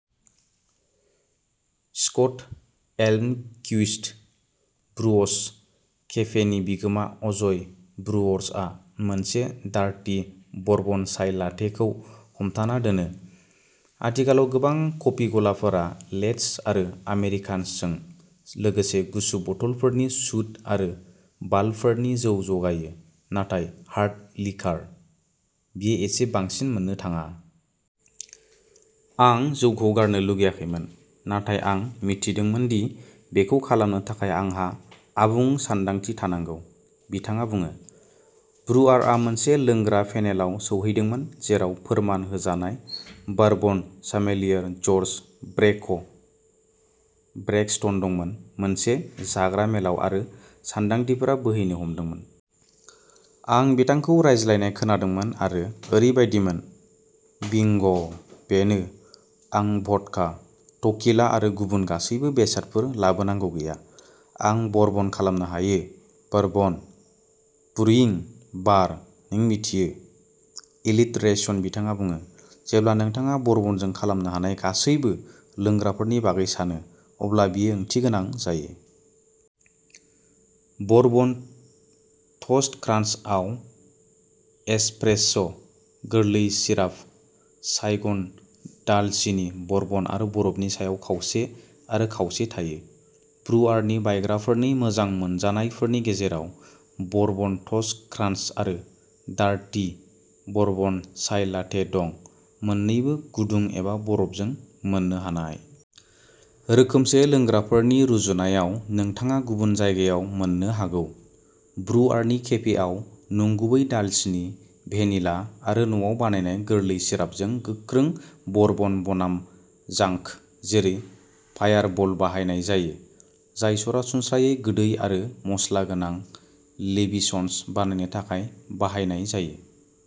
Scott Elmquist Brewers केफेनि बिगोमा अजय ब्रुअर्सआ मोनसे डार्टि बरबन चाइ लाटेखौ हमथाना दोनो। आथिखालाव, गोबां कफि गलाफोरा लेट्स आरो आमेरिकान'सजों लोगोसे गुसु बथलफोरनि सुड आरो बाल्बफोरनि जौ जगायो। नाथाय हार्ड लिकार? बेयो एसे बांसिन मोननो थाङा। "आं जौखौ गारनो लुगैयाखैमोन, नाथाय आं मिथिदोंमोन दि बेखौ खालामनो थाखाय आंहा आबुं सानदांथि थानांगौ", बिथाङा बुङो। ब्रुआरआ मोनसे लोंग्रा पेनेलाव सौहैदोंमोन जेराव फोरमान होजानाय bourbon sommelier George "Brake" Braxton दंमोन मोनसे जाग्रा मेलाव आरो सानदांथिफोरा बोहैनो हमदोंमोन। "आं बिथांखौ रायज्लायनाय खोनादोंमोन आरो ओरैबायदिमोनः बिंग': बेनो। आं भदका, टकीला आरो गुबुन गासैबो बेसादफोर लाबोनांगौ गैया। आं बरबन खालामनो हायो। बरबन। ब्रुइं। बार। नों मिथियो, एलितरेशन", बिथाङा बुङो। "जेब्ला नोंथाङा बरबनजों खालामनो हानाय गासैबो लोंग्राफोरनि बागै सानो, अब्ला बेयो ओंथिगोनां जायो। बरबन टस्ट क्रान्चआव एस्प्रेस', गोरलै सिराप, साइगन दालसिनि, बरबन आरो बरफनि सायाव खावसे आरो खावसे थायो। ब्रुआरनि बायग्राफोरनि मोजां मोनजानायफोरनि गेजेराव बरबन टस्ट क्रान्च आरो डार्टि बरबन चाइ लाटे दं, मोननैबो गुदुं एबा बरफजों मोननो हानाय। रोखोमसे लोंग्राफोरनि रुजुनायाव नोंथाङा गुबुन जायगायाव मोननो हागौ, ब्रुआरनि केफेआव नंगुबै दालसिनि, भेनिला आरो न'आव बानायनाय गोरलै सिरापजों गोख्रों बरबन बनाम जांक जेरै फायारबल बाहायनाय जायो, जाय सरासनस्रायै गोदै आरो मसलागोनां लिबेशन्स बानायनो थाखाय बाहायनाय जायो।